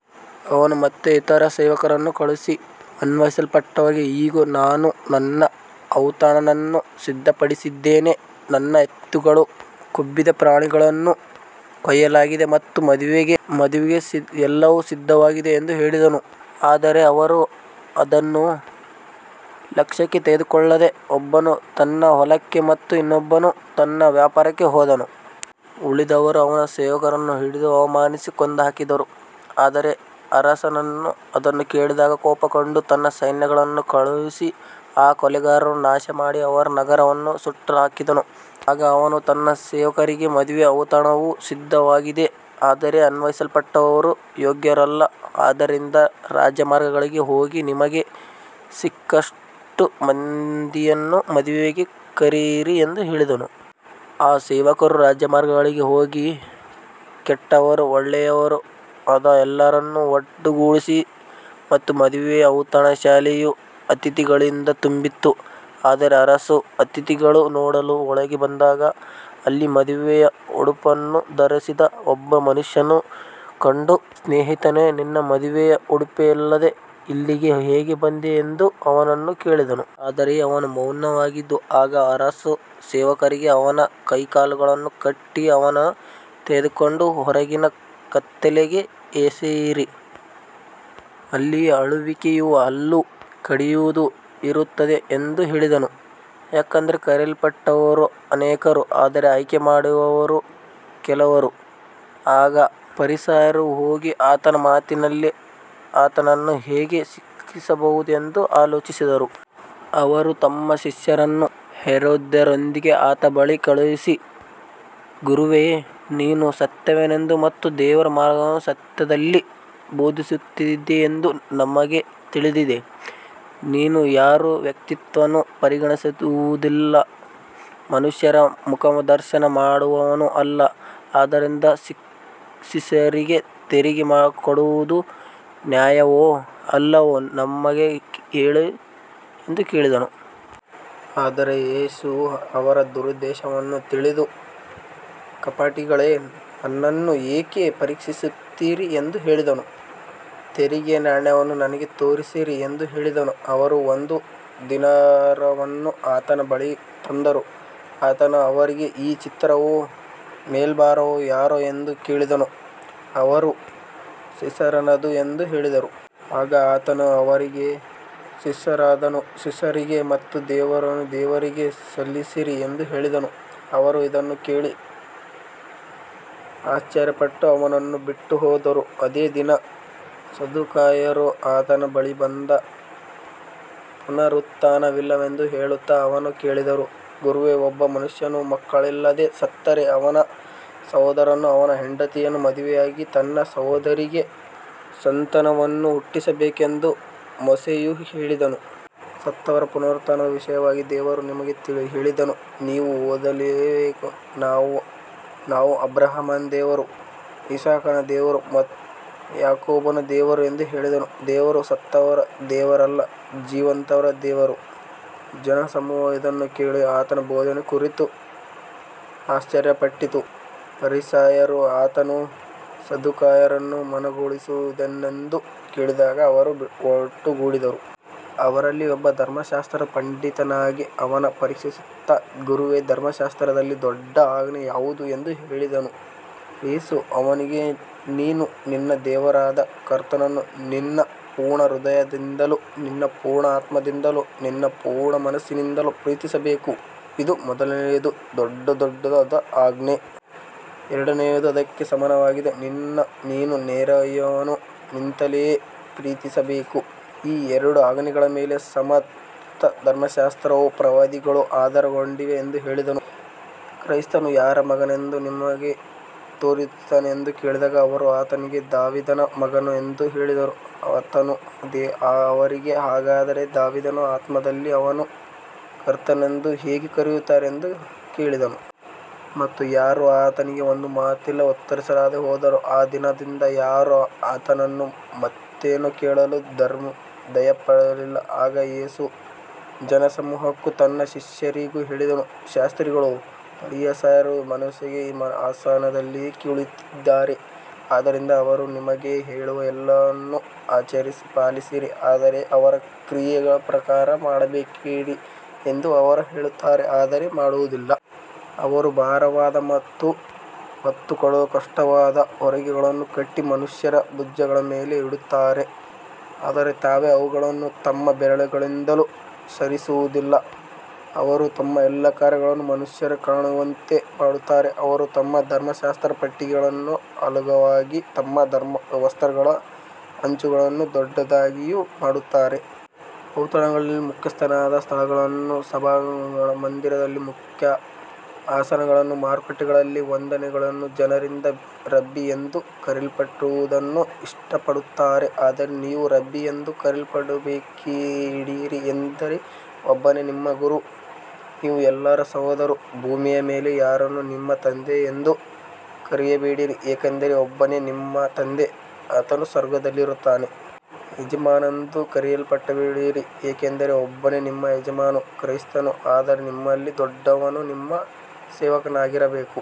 ಅವನು ಮತ್ತೆ ಇತರ ಸೇವಕರನ್ನು ಕಳುಹಿಸಿ, ಆಹ್ವಾನಿಸಲ್ಪಟ್ಟವರಿಗೆ, ಇಗೋ, ನಾನು ನನ್ನ ಔತಣವನ್ನು ಸಿದ್ಧಪಡಿಸಿದ್ದೇನೆ, ನನ್ನ ಎತ್ತುಗಳನ್ನೂ ಕೊಬ್ಬಿದ ಪ್ರಾಣಿಗಳನ್ನೂ ಕೊಯ್ಯಲಾಗಿದೆ ಮತ್ತು ಮದುವೆಗೆ ಎಲ್ಲವೂ ಸಿದ್ಧವಾಗಿದೆ ಎಂದು ಹೇಳಿಸಿದನು. ಆದರೆ ಅವರು ಅದನ್ನು ಲಕ್ಷ್ಯಕ್ಕೆ ತೆಗೆದುಕೊಳ್ಳದೆ, ಒಬ್ಬನು ತನ್ನ ಹೊಲಕ್ಕೆ ಮತ್ತು ಇನ್ನೊಬ್ಬನು ತನ್ನ ವ್ಯಾಪಾರಕ್ಕೆ ಹೋದನು. ಉಳಿದವರು ಅವನ ಸೇವಕರನ್ನು ಹಿಡಿದು ಅವಮಾನಿಸಿ, ಕೊಂದುಹಾಕಿದರು. ಆದರೆ ಅರಸನು ಅದನ್ನು ಕೇಳಿದಾಗ ಕೋಪಗೊಂಡು ತನ್ನ ಸೈನ್ಯಗಳನ್ನು ಕಳುಹಿಸಿ ಆ ಕೊಲೆಗಾರರನ್ನು ನಾಶಮಾಡಿ ಅವರ ನಗರವನ್ನು ಸುಟ್ಟುಹಾಕಿದನು. ಆಗ ಅವನು ತನ್ನ ಸೇವಕರಿಗೆ, ಮದುವೆಯ ಔತಣವು ಸಿದ್ಧವಾಗಿದೆ, ಆದರೆ ಆಹ್ವಾನಿಸಲ್ಪಟ್ಟವರು ಯೋಗ್ಯರಲ್ಲ. ಆದ್ದರಿಂದ ರಾಜಮಾರ್ಗಗಳಿಗೆ ಹೋಗಿ, ನಿಮಗೆ ಸಿಕ್ಕುವಷ್ಟು ಮಂದಿಯನ್ನು ಮದುವೆಗೆ ಕರೆಯಿರಿ ಎಂದು ಹೇಳಿದನು. ಆ ಸೇವಕರು ರಾಜಮಾರ್ಗಗಳಿಗೆ ಹೋಗಿ ಕೆಟ್ಟವರೂ ಒಳ್ಳೆಯವರೂ ಆದ ಎಲ್ಲರನ್ನು ಒಟ್ಟುಗೂಡಿಸಿದರು ಮತ್ತು ಮದುವೆಯ ಔತಣಶಾಲೆಯು ಅತಿಥಿಗಳಿಂದ ತುಂಬಿತು. ಆದರೆ ಅರಸನು ಅತಿಥಿಗಳನ್ನು ನೋಡಲು ಒಳಗೆ ಬಂದಾಗ, ಅಲ್ಲಿ ಮದುವೆಯ ಉಡುಪನ್ನು ಧರಿಸದ ಒಬ್ಬ ಮನುಷ್ಯನನ್ನು ಕಂಡು, ಸ್ನೇಹಿತನೇ, ನೀನು ಮದುವೆಯ ಉಡುಪಿಲ್ಲದೆ ಇಲ್ಲಿಗೆ ಹೇಗೆ ಬಂದೆ ಎಂದು ಅವನನ್ನು ಕೇಳಿದನು. ಆದರೆ ಅವನು ಮೌನವಾಗಿದ್ದನು. ಆಗ ಅರಸನು ಸೇವಕರಿಗೆ, ಅವನ ಕೈಕಾಲುಗಳನ್ನು ಕಟ್ಟಿ ಅವನನ್ನು ತೆಗೆದುಕೊಂಡು ಹೊರಗಿನ ಕತ್ತಲೆಗೆ ಎಸೆಯಿರಿ. ಅಲ್ಲಿ ಅಳುವಿಕೆಯೂ ಹಲ್ಲು ಕಡಿಯುವುದೂ ಇರುತ್ತದೆ ಎಂದು ಹೇಳಿದನು. ಯಾಕಂದರೆ ಕರೆಯಲ್ಪಟ್ಟವರು ಅನೇಕರು, ಆದರೆ ಆಯ್ಕೆಯಾದವರು ಕೆಲವರು. ಆಗ ಫರಿಸಾಯರು ಹೋಗಿ ಆತನ ಮಾತಿನಲ್ಲಿ ಆತನನ್ನು ಹೇಗೆ ಸಿಕ್ಕಿಸಬಹುದು ಎಂದು ಆಲೋಚಿಸಿದರು. ಅವರು ತಮ್ಮ ಶಿಷ್ಯರನ್ನು ಹೆರೋದ್ಯರೊಂದಿಗೆ ಆತನ ಬಳಿಗೆ ಕಳುಹಿಸಿ, ಗುರುವೇ, ನೀನು ಸತ್ಯವಂತನೆಂದು ಮತ್ತು ದೇವರ ಮಾರ್ಗವನ್ನು ಸತ್ಯದಲ್ಲಿ ಬೋಧಿಸುತ್ತೀಯೆಂದು ನಮಗೆ ತಿಳಿದಿದೆ. ನೀನು ಯಾರ ವ್ಯಕ್ತಿತ್ವವನ್ನೂ ಪರಿಗಣಿಸುವವನಲ್ಲ, ಮನುಷ್ಯರ ಮುಖದರ್ಶನ ಮಾಡುವವನೂ ಅಲ್ಲ. ಆದ್ದರಿಂದ ಸೀಸರಿಗೆ ತೆರಿಗೆ ಕೊಡುವುದು ನ್ಯಾಯವೋ, ಅಲ್ಲವೋ ನಮಗೆ ಹೇಳು ಎಂದು ಕೇಳಿದರು. ಆದರೆ ಯೇಸು ಅವರ ದುರುದ್ದೇಶವನ್ನು ತಿಳಿದು, ಕಪಟಿಗಳೇ, ನನ್ನನ್ನು ಏಕೆ ಪರೀಕ್ಷಿಸುತ್ತೀರಿ ಎಂದು ಹೇಳಿದನು. ತೆರಿಗೆಯ ನಾಣ್ಯವನ್ನು ನನಗೆ ತೋರಿಸಿರಿ ಎಂದು ಹೇಳಿದನು. ಅವರು ಒಂದು ದೀನಾರವನ್ನು ಆತನ ಬಳಿಗೆ ತಂದರು. ಆತನು ಅವರಿಗೆ, ಈ ಚಿತ್ರವೂ ಮೇಲ್ಬರಹವೂ ಯಾರದು ಎಂದು ಕೇಳಿದನು. ಅವರು, ಸೀಸರನದು ಎಂದು ಹೇಳಿದರು. ಆಗ ಆತನು ಅವರಿಗೆ, ಸೀಸರನದನ್ನು ಸೀಸರಿಗೆ ಮತ್ತು ದೇವರದನ್ನು ದೇವರಿಗೆ ಸಲ್ಲಿಸಿರಿ ಎಂದು ಹೇಳಿದನು. ಅವರು ಇದನ್ನು ಕೇಳಿ ಆಶ್ಚರ್ಯಪಟ್ಟು ಆತನನ್ನು ಬಿಟ್ಟುಹೋದರು. ಅದೇ ದಿನ ಸದ್ದುಕಾಯರು ಆತನ ಬಳಿಗೆ ಬಂದು, ಪುನರುತ್ಥಾನವಿಲ್ಲವೆಂದು ಹೇಳುತ್ತಾ ಆತನನ್ನು ಕೇಳಿದರು. ಗುರುವೇ, ಒಬ್ಬ ಮನುಷ್ಯನು ಮಕ್ಕಳಿಲ್ಲದೆ ಸತ್ತರೆ, ಅವನ ಸಹೋದರನು ಅವನ ಹೆಂಡತಿಯನ್ನು ಮದುವೆಯಾಗಿ ತನ್ನ ಸಹೋದರನಿಗೆ ಸಂತಾನವನ್ನು ಹುಟ್ಟಿಸಬೇಕು ಎಂದು ಮೋಶೆಯು ಹೇಳಿದ್ದಾನೆ. ಸತ್ತವರ ಪುನರುತ್ಥಾನದ ವಿಷಯವಾಗಿ ದೇವರು ನಿಮಗೆ ಹೇಳಿದ್ದನ್ನು ನೀವು ಓದಲಿಲ್ಲವೇ, ನಾನು ಅಬ್ರಹಾಮನ ದೇವರು, ಇಸಾಕನ ದೇವರು ಮತ್ತು ಯಾಕೋಬನ ದೇವರು ಎಂದು ಹೇಳಿದ್ದಾನೆ. ದೇವರು ಸತ್ತವರ ದೇವರಲ್ಲ, ಜೀವಂತರ ದೇವರು. ಜನಸಮೂಹವು ಇದನ್ನು ಕೇಳಿ ಆತನ ಬೋಧನೆಯ ಕುರಿತು ಆಶ್ಚರ್ಯಪಟ್ಟಿತು. ಫರಿಸಾಯರು ಆತನು ಸದ್ದುಕಾಯರನ್ನು ಮೌನಗೊಳಿಸಿದ್ದಾನೆಂದು ಕೇಳಿದಾಗ ಅವರು ಒಟ್ಟುಗೂಡಿದರು. ಅವರಲ್ಲಿ ಒಬ್ಬನು ಧರ್ಮಶಾಸ್ತ್ರದ ಪಂಡಿತನಾಗಿ ಆತನನ್ನು ಪರೀಕ್ಷಿಸುತ್ತಾ, ಗುರುವೇ, ಧರ್ಮಶಾಸ್ತ್ರದಲ್ಲಿ ದೊಡ್ಡ ಆಜ್ಞೆ ಯಾವುದು ಎಂದು ಕೇಳಿದನು. ಯೇಸು ಅವನಿಗೆ, ನೀನು ನಿನ್ನ ದೇವರಾದ ಕರ್ತನನ್ನು ನಿನ್ನ ಪೂರ್ಣ ಹೃದಯದಿಂದಲೂ ನಿನ್ನ ಪೂರ್ಣ ಆತ್ಮದಿಂದಲೂ ನಿನ್ನ ಪೂರ್ಣ ಮನಸ್ಸಿನಿಂದಲೂ ಪ್ರೀತಿಸಬೇಕು. ಇದು ಮೊದಲನೆಯದೂ ದೊಡ್ಡದೂ ಆದ ಆಜ್ಞೆ. ಎರಡನೆಯದು ಅದಕ್ಕೆ ಸಮಾನವಾಗಿದೆ, ನೀನು ನಿನ್ನ ನೆರೆಯವನನ್ನು ನಿನ್ನಂತೆಯೇ ಪ್ರೀತಿಸಬೇಕು. ಈ ಎರಡು ಆಜ್ಞೆಗಳ ಮೇಲೆ ಸಮಸ್ತ ಧರ್ಮಶಾಸ್ತ್ರವೂ ಪ್ರವಾದಿಗಳೂ ಆಧಾರಗೊಂಡಿವೆ ಎಂದು ಹೇಳಿದನು. ಕ್ರಿಸ್ತನು ಯಾರ ಮಗನೆಂದು ನಿಮಗೆ ತೋರುತ್ತದೆ ಎಂದು ಕೇಳಿದಾಗ ಅವರು ಆತನಿಗೆ, ದಾವೀದನ ಮಗನು ಎಂದು ಹೇಳಿದರು. ಆತನು ಅವರಿಗೆ, ಹಾಗಾದರೆ ದಾವೀದನು ಆತ್ಮದಲ್ಲಿ ಆತನನ್ನು ಕರ್ತನೆಂದು ಹೇಗೆ ಕರೆಯುತ್ತಾನೆ ಎಂದು ಕೇಳಿದನು. ಮತ್ತು ಯಾರೂ ಆತನಿಗೆ ಒಂದು ಮಾತಿಗೂ ಉತ್ತರಿಸಲಾರದೆ ಹೋದರು. ಆ ದಿನದಿಂದ ಯಾರೂ ಆತನನ್ನು ಮತ್ತೇನೂ ಕೇಳಲು ಧೈರ್ಯಪಡಲಿಲ್ಲ. ಆಗ ಯೇಸು ಜನಸಮೂಹಕ್ಕೂ ತನ್ನ ಶಿಷ್ಯರಿಗೂ ಹೇಳಿದನು, ಶಾಸ್ತ್ರಿಗಳೂ ಫರಿಸಾಯರೂ ಮೋಶೆಯ ಆಸನದಲ್ಲಿ ಕುಳಿತಿದ್ದಾರೆ. ಆದ್ದರಿಂದ ಅವರು ನಿಮಗೆ ಹೇಳುವ ಎಲ್ಲವನ್ನೂ ಆಚರಿಸಿ ಪಾಲಿಸಿರಿ, ಆದರೆ ಅವರ ಕ್ರಿಯೆಗಳ ಪ್ರಕಾರ ಮಾಡಬೇಡಿರಿ, ಏಕೆಂದರೆ ಅವರು ಹೇಳುತ್ತಾರೆ, ಆದರೆ ಮಾಡುವುದಿಲ್ಲ. ಅವರು ಭಾರವಾದ ಮತ್ತು ಹೊತ್ತುಕೊಳ್ಳಲು ಕಷ್ಟವಾದ ಹೊರೆಗಳನ್ನು ಕಟ್ಟಿ ಮನುಷ್ಯರ ಭುಜಗಳ ಮೇಲೆ ಇಡುತ್ತಾರೆ, ಆದರೆ ತಾವೇ ಅವುಗಳನ್ನು ತಮ್ಮ ಬೆರಳಿನಿಂದಲೂ ಸರಿಸುವುದಿಲ್ಲ. ಅವರು ತಮ್ಮ ಎಲ್ಲಾ ಕಾರ್ಯಗಳನ್ನು ಮನುಷ್ಯರಿಗೆ ಕಾಣುವಂತೆ ಮಾಡುತ್ತಾರೆ. ಅವರು ತಮ್ಮ ಧರ್ಮಶಾಸ್ತ್ರದ ಪೆಟ್ಟಿಗೆಗಳನ್ನು ಅಗಲವಾಗಿಯೂ ತಮ್ಮ ವಸ್ತ್ರಗಳ ಅಂಚುಗಳನ್ನು ದೊಡ್ಡದಾಗಿಯೂ ಮಾಡುತ್ತಾರೆ. ಔತಣಗಳಲ್ಲಿ ಮುಖ್ಯಸ್ಥಾನದ ಸ್ಥಳಗಳನ್ನೂ ಸಭಾಮಂದಿರಗಳಲ್ಲಿ ಮುಖ್ಯ ಆಸನಗಳನ್ನೂ ಮಾರುಕಟ್ಟೆಗಳಲ್ಲಿ ವಂದನೆಗಳನ್ನೂ ಜನರಿಂದ ರಬ್ಬಿ ಎಂದು ಕರೆಯಲ್ಪಡುವುದನ್ನೂ ಇಷ್ಟಪಡುತ್ತಾರೆ. ಆದರೆ ನೀವು ರಬ್ಬಿ ಎಂದು ಕರೆಯಲ್ಪಡಬೇಡಿರಿ, ಏಕೆಂದರೆ ಒಬ್ಬನೇ ನಿಮ್ಮ ಗುರು, ನೀವು ಎಲ್ಲರೂ ಸಹೋದರರು. ಭೂಮಿಯ ಮೇಲೆ ಯಾರನ್ನೂ ನಿಮ್ಮ ತಂದೆ ಎಂದು ಕರೆಯಬೇಡಿರಿ, ಏಕೆಂದರೆ ಒಬ್ಬನೇ ನಿಮ್ಮ ತಂದೆ, ಆತನು ಸ್ವರ್ಗದಲ್ಲಿದ್ದಾನೆ. ಯಜಮಾನರು ಎಂದು ಕರೆಯಲ್ಪಡಬೇಡಿರಿ, ಏಕೆಂದರೆ ಒಬ್ಬನೇ ನಿಮ್ಮ ಯಜಮಾನನು, ಕ್ರಿಸ್ತನು. ಆದರೆ ನಿಮ್ಮಲ್ಲಿ ದೊಡ್ಡವನು ನಿಮ್ಮ ಸೇವಕನಾಗಿರಬೇಕು.